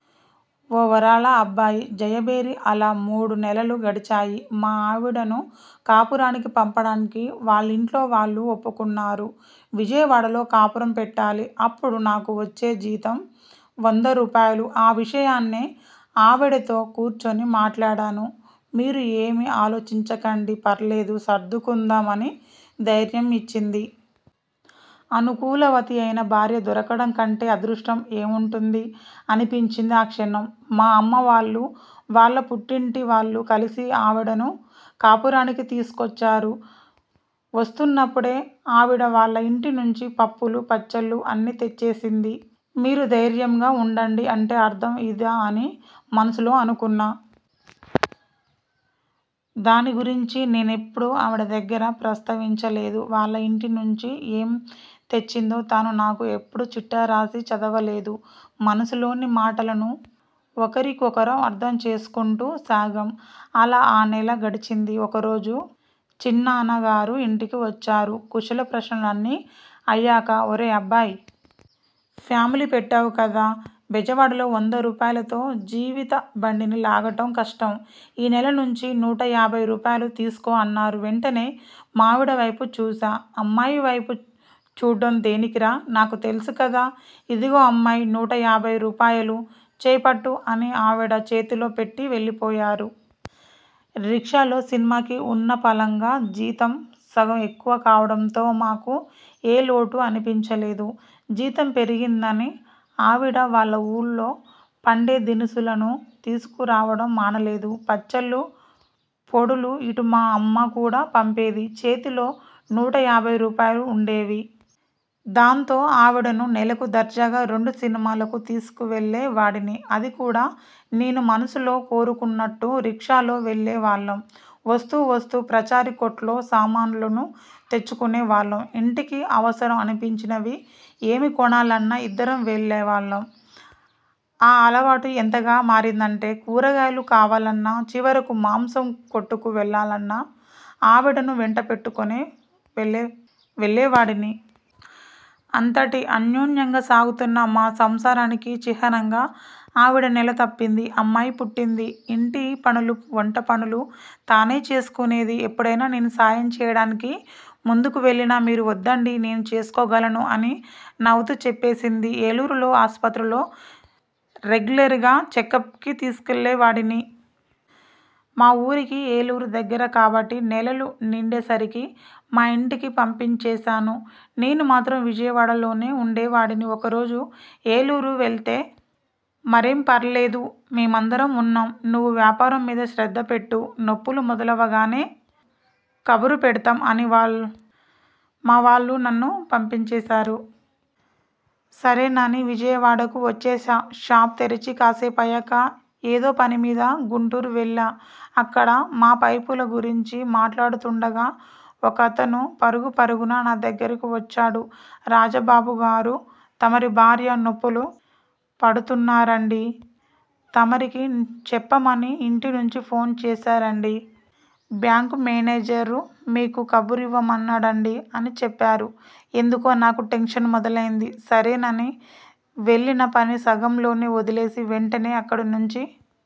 ఓ వారాలబ్బాయి జయభేరి అలా మూడు నెలలూ గడిచాయి. మా ఆవిడను కాపురానికి పంపడానికి వాళ్లింట్లో వాళ్లు ఒప్పుకున్నారు. విజయవాడలో కాపురం పెట్టాలి. అప్పుడు నాకు వచ్చే జీతం వంద రూపాయలు. ఆ విషయాన్నే ఆవిడతో కూర్చుని మాట్లాడాను. 'మీరు ఏమీ ఆలోచించకండి, ఫర్లేదు సర్దుకుందాం' అని ధైర్యమిచ్చింది. అనుకూలవతి అయిన భార్య దొరకడంకంటే అదృష్టం ఏం ఉంటుంది? అనిపించింది ఆ క్షణం. మా అమ్మావాళ్లు, వాళ్ల పుట్టింటి వాళ్లు కలిసి ఆవిడను కాపురానికి తీసుకొచ్చారు. వస్తున్నప్పుడే ఆవిడ వాళ్ల ఇంటి నుంచి పప్పులు, పచ్చళ్లు అన్నీ తెచ్చేసింది. 'మీరు ధైర్యంగా ఉండండి' అంటే అర్థం ఇదా అని మనసులో అనుకున్నా. దాని గురించి నేనెప్పుడూ ఆవిడ దగ్గర ప్రస్తావించలేదు. వాళ్ల ఇంటి నుంచి ఏమేం తెచ్చేదో తానూ నాకు ఎప్పుడూ చిట్టా రాసి చదవలేదు. మనసులోని మాటలను ఒకరికొకరం అర్థం చేసుకుంటూ సాగాం. అలా ఆ నెల గడిచింది. ఒకరోజు చిన్నాన్న గారు ఇంటికి వచ్చారు. కుశల ప్రశ్నలన్నీ అయ్యాక 'ఒరే అబ్బాయ్.. ఫ్యామిలీ పెట్టావు కదా. బెజవాడలో వంద రూపాయలతో జీవిత బండిని లాగడం కష్టం. ఈ నెల నుంచి నూట యాభై రూపాయలు తీసుకో' అన్నారు. వెంటనే మా ఆవిడవైపు చూశా. 'అమ్మాయి వైపు చూడ్డం దేనికిరా? నాకు తెలుసు కదా. ఇదిగో అమ్మాయి నూట యాభై రూపాయలు, చెయ్యిపట్టు' అని ఆవిడ చేతిలో పెట్టి వెళ్లిపోయారు. రిక్షాలో సినిమాకి ఉన్న పళాన జీతం సగం ఎక్కువ కావడంతో మాకు ఏ లోటూ అనిపించలేదు. జీతం పెరిగిందని ఆవిడ వాళ్ల ఊళ్లో పండే దినుసులను తీసుకురావడం మానలేదు. పచ్చళ్లు, పొడులు, ఇటు మా అమ్మ కూడా పంపేది. చేతిలో నూట యాభై రూపాయలు ఉండేవి. దాంతో ఆవిడను నెలకు దర్జాగా రెండు సినిమాలకు తీసుకెళ్లే వాడిని. అది కూడా నేను మనసులో కోరుకున్నట్టు రిక్షాలో వెళ్లే వాళ్లం. వస్తూ వస్తూ పచారీ కొట్లో సామాన్లు తెచ్చుకునే వాళ్లం. ఇంటికి అవసరం అనిపించినవి ఏవి కొనాలన్నా ఇద్దరం వెళ్లే వాళ్లం. ఆ అలవాటు ఎంతగా మారిందంటే కూరగాయలు కావాలన్నా, చివరకు మాంసం కొట్టుకు వెళ్లాలన్నా ఆవిడను వెంట పెట్టుకునే వెళ్లేవాడిని. అంతటి అన్యోన్యంగా సాగుతున్న మా సంసారానికి చిహ్నంగా ఆవిడ నెల తప్పింది. అమ్మాయి పుట్టింది! ఇంటి పనులూ, వంట పనులూ తనే చేసుకునేది. ఎప్పుడైనా నేను సాయం చేయడానికి ముందుకెళ్లినా 'మీరు వద్దండి. నేను చేసుకోగలను' అని నవ్వుతూ చెప్పేది. ఏలూరులో ఆసుపత్రిలో రెగ్యులర్గా చెకప్కి తీసుకెళ్లే వాడిని. మా ఊరికి ఏలూరు దగ్గర కాబట్టి నెలలు నిండే సరికి మా ఇంటికి పంపించేశాను. నేను మాత్రం విజయవాడలోనే ఉండేవాడిని. ఒకరోజు ఏలూరు వెళ్తే, 'మరేం ఫర్వాలేదు. మేమందరం ఉన్నాం. నువ్వు వ్యాపారం మీద శ్రద్ధ పెట్టు. నొప్పులు మొదలవగానే కబురుపెడతాం' అని మావాళ్లు నన్ను పంపించేశారు. సరేనని విజయవాడకు వచ్చేశా. షాప్ తెరిచి కాసేపయ్యాక ఏదో పని మీద గుంటూరు వెళ్లా. అక్కడ మా పైపుల గురించి మాట్లాడుతుండగా ఒకతను పరుగు పరుగున నా దగ్గరకు వచ్చాడు. 'రాజ బాబు గారూ.. తమరి భార్య నొప్పులు పడుతున్నారంటండీ. తమరికి చెప్పమని ఇంటి నుంచి ఫోను చేశారండీ. బ్యాంకు మేనేజర్గారు మీకు కబురివ్వమన్నారండీ' అని చెప్పారు. ఎందుకో నాకు టెన్షన్ మొదలైంది. సరేనని వెళ్లిన పని సగంలోనే వదిలేసి, వెంటనే అక్కడినుంచి